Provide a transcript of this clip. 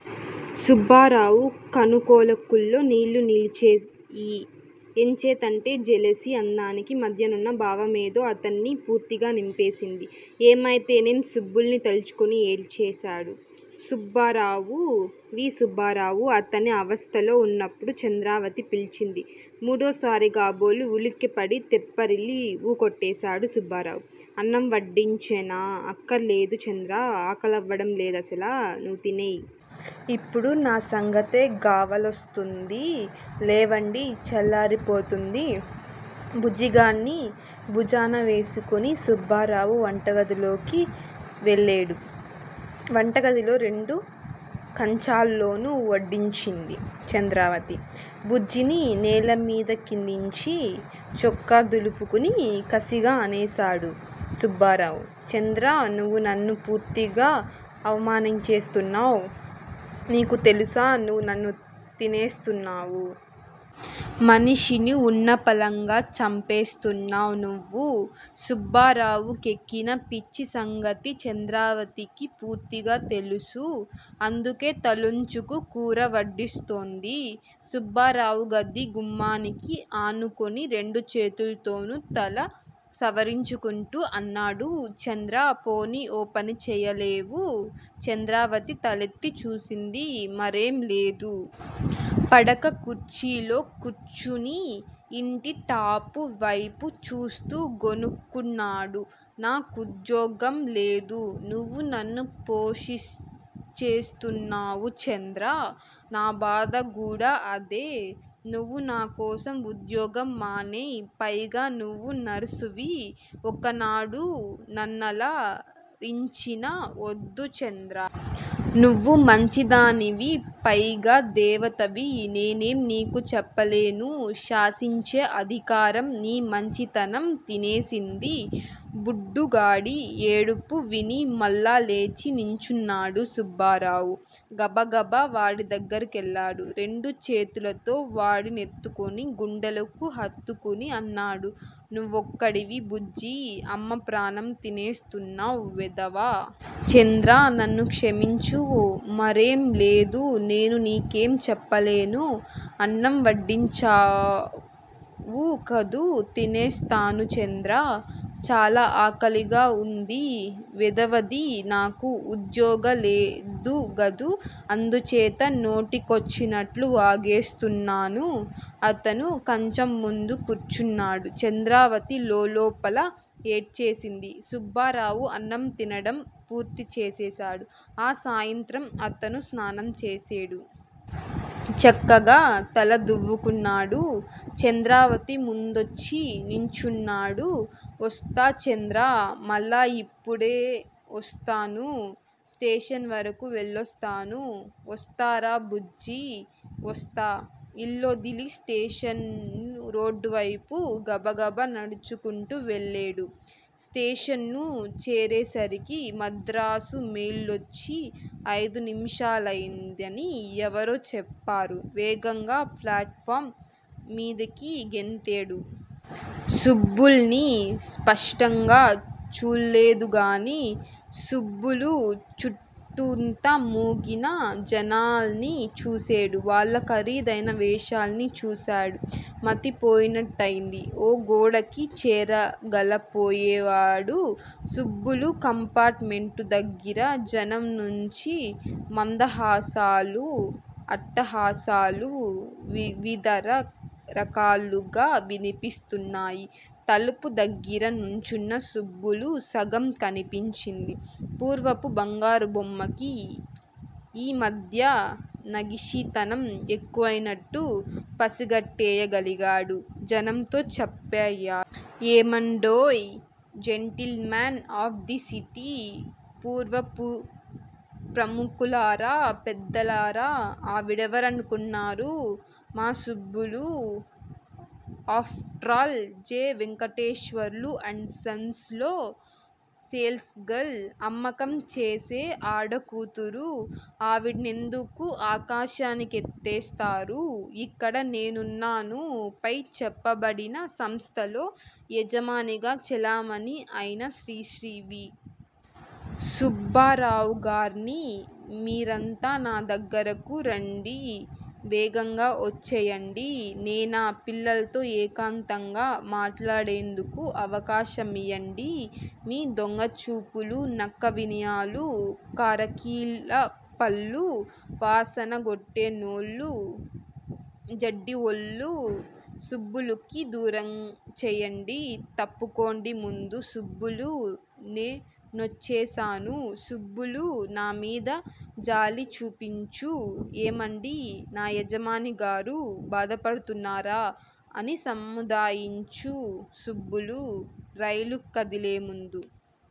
సుబ్బారావు కనుకొలకుల్లో నీళ్ళునిలిచేయి! ఎంచేతంటే జెలసీ, అననికి మధ్యనున్న భా వేమేదో అతన్ని పూర్తిగా నింపేసింది. ఏమైతేనేం సుబ్బుల్ని తలుచుకుని ఏడ్చేసాడు సుబ్బారావు, వి. సుబ్బారావు. అతనీ అవస్థలో ఉన్నప్పుడు చంద్రావతి పిలిచింది. మూడోసారిగాబోలు ఉలిక్కిపడి, తెప్పరిల్లి వూకొట్టేడు సుబ్బారావు. అన్నం వొడ్డించేను. అఖ్ఖర్లేదు, చంద్రా! ఆకలవడంలేదసల నువ్వు తినేయ్. ఇప్పుడు నా సంగతేగావల్సొంది. లేవండి చల్లారి పోతుంది. బుజ్జిగాడ్ని భూజానవేసుకుని సుబ్బారావు వంటగదిలోకి వెళ్ళేడు. వంటగదిలో రెండు కంచాల్లోనూ వొడ్డించింది చంద్రావతి. బుజ్జిని నేలమిదికిందించి, చొక్కా దులుపుకుని కసిగా అనేశాడు సుబ్బారావు. చంద్రా నువ్వు నన్ను పూర్తిగా అవమానించేస్తున్నావ్. నీకు తెలుసా నువ్వు నన్ను తినేస్తున్నావు. మనిషి ని వున్నపళంగా చంపేస్తున్నావ్ నువ్వు. సుబ్బారావు కెక్కిన పిచ్చిసంగతి చంద్రావతికి పూర్తిగా తెలుసు. అందుకే తలొంచుకు కూర వొడ్డిస్తోంది. సుబ్బారావు గది గుమ్మానికి ఆనుకుని రెండు చేతుల్తోనూ తల సవరించుకుంటూ అన్నాడు! చంద్రా! పోనీ ఓపని చేయలేవూ? చంద్రావతి తలెత్తి చూసింది. మరేం లేదు. పడక కుర్చీలో కూర్చుని యింటి టాపు వేపు చూస్తూ గొణుక్కున్నాడు. నా కుద్యోగం లేదు. నువ్వు నన్ను పోషించేస్తు న్నావు చంద్రా! నా బాధ గూడా అదే. నువ్వు నాకోసం ఉద్యోగం మానేయ్. పైగా నువ్వు నర్సువి. ఒక నాడు నన్నల రించిన వొద్దు చంద్రా! నువ్వు మంచి దానివి పైగా దేవతవి. నేనేం నీకు చెప్పలేను. శాసించే అధికారం నీ మంచి తనం తినేసింది.! బుడ్డుగాడి యేడుపు విని మళ్ళా లేచి నించున్నాడు సుబ్బారావు. గబగబా వాడిదగ్గరికెళ్ళాడు. రెండు చేతులతో వాడి నెత్తుకుని గుండెలకు హత్తుకుని అన్నాడు. నువ్వొకడివి బుజ్జీ! అమ్మప్రాణం తినేస్తున్నావ్ వెధవ! చంద్రా నన్ను క్షమించు. మరేంలేదు నేను నీకేం చెప్పలేను. అన్నం వడ్డించావుకదూ, తినేస్తాను చంద్రా. చాలా ఆకలిగావుంది. వెధవది నాకుఉద్యోగ లేదుగదూ అందుచేత నోటికొచ్చినట్లు వాగేస్తున్నాను. అతను కంచంముందు కూర్చున్నాడు, చంద్రావతి లోలోపల ఏడ్చేసింది. సుబ్బారావు అన్నంతినడం పూర్తి చేసేసాడు. ఆ సాయంత్రం అతను స్నానంచేసేడు. చక్కగా తల దువ్వుకున్నాడు చంద్రావతిముందొచ్చి నించున్నాడు. వొస్తా చంద్రా! మళ్ళా యిప్పుడే వొస్తాను. స్టేషన్ వరకూ వెళ్ళొస్తాను. వొస్తారా బుజ్జీ! వొస్తా. ఇల్లొదిలి స్టేషనురోడ్డువైపు గబగబా నడుచుకుంటూ వెళ్ళేడు. స్టేషను చేరేసరికి మద్రాసు మెయిలొచ్చి ఆయిదు నిమిషాలయిందని ఎవరో చెప్పేరు. వేగంగా ప్లాటుఫారం మిదికి గెంతేడు. సుబ్బుల్ని స్పష్టంగా చూళ్ళేదుగాని సుబ్బులు చుట్టూతా మూగిన జనాన్ని చూసేడు. వాళ్ళ ఖరిదైన వేషాల్ని చూసేడు. మతిపోయినట్లయింది. ఓగోడకి చేరగలపోయేడు. సుబ్బులు కంపార్టుమెంటుదగ్గిర జనంనుంచి మందహాసాలూ, అట్టహాసాలూ వివిథరకాలుగా వినిపిస్తున్నాయి. తలుపుదగ్గిర నుంచున్న సుబ్బులు సగం కనిపించింది. పూర్వపు బంగారుబొమ్మకి యి మధ్య నగిషీతనం ఎక్కువైనట్టు పసిగట్టేయగలిగాడు, జనంతో చప్పేయాలి. ఏమండోయే! జెంటిల్మెన్ ఆఫ్ ది సిటీ పురప్రుముఖుల్లరా! పెద్దలారా! ఆవిడెవరనుకున్నరు? మాసుబ్బులు. After all J. Venkateswarlu and sons లో సేల్స్ గర్ల్. అమ్మకం చేసే ఆడకూతురు ఆవిడ్నెందుకు ఆకాశానికెత్తేస్తారు? ఇక్కడ నేనున్నాను. పై చెప్పబడిన సంస్థలో యజమానిగా చెలామణి అయిన శ్రీ శ్రీ వి. సుబ్బారావుగార్ని. మిరంతా నాదగ్గరకు రండి. వేగంగా వొచ్చేయండి! నేనా. పిల్లతో ఏకాంతంగా మాటాడేందుకు అవకాశమివ్వండి:మి దొంగచూపులూ, నక్కవినయాలూ, కారాకిళ్ళీపళ్ళూ, వాసనగొట్టే నోళ్ళు, జడ్డి వొళ్ళూ సుబ్బులుకి దూరంచేయండి తప్పుకోండిముందు సుబ్బులూ నేనొచ్చేశాను. సుబ్బులూ, నామిద జాలిచూపించు. ఏమండీ! నా యజమానిగారూ! బాధపడుతున్నారా అని సముదాయించు సుబ్బూలూ. రైలు కదిలేముందు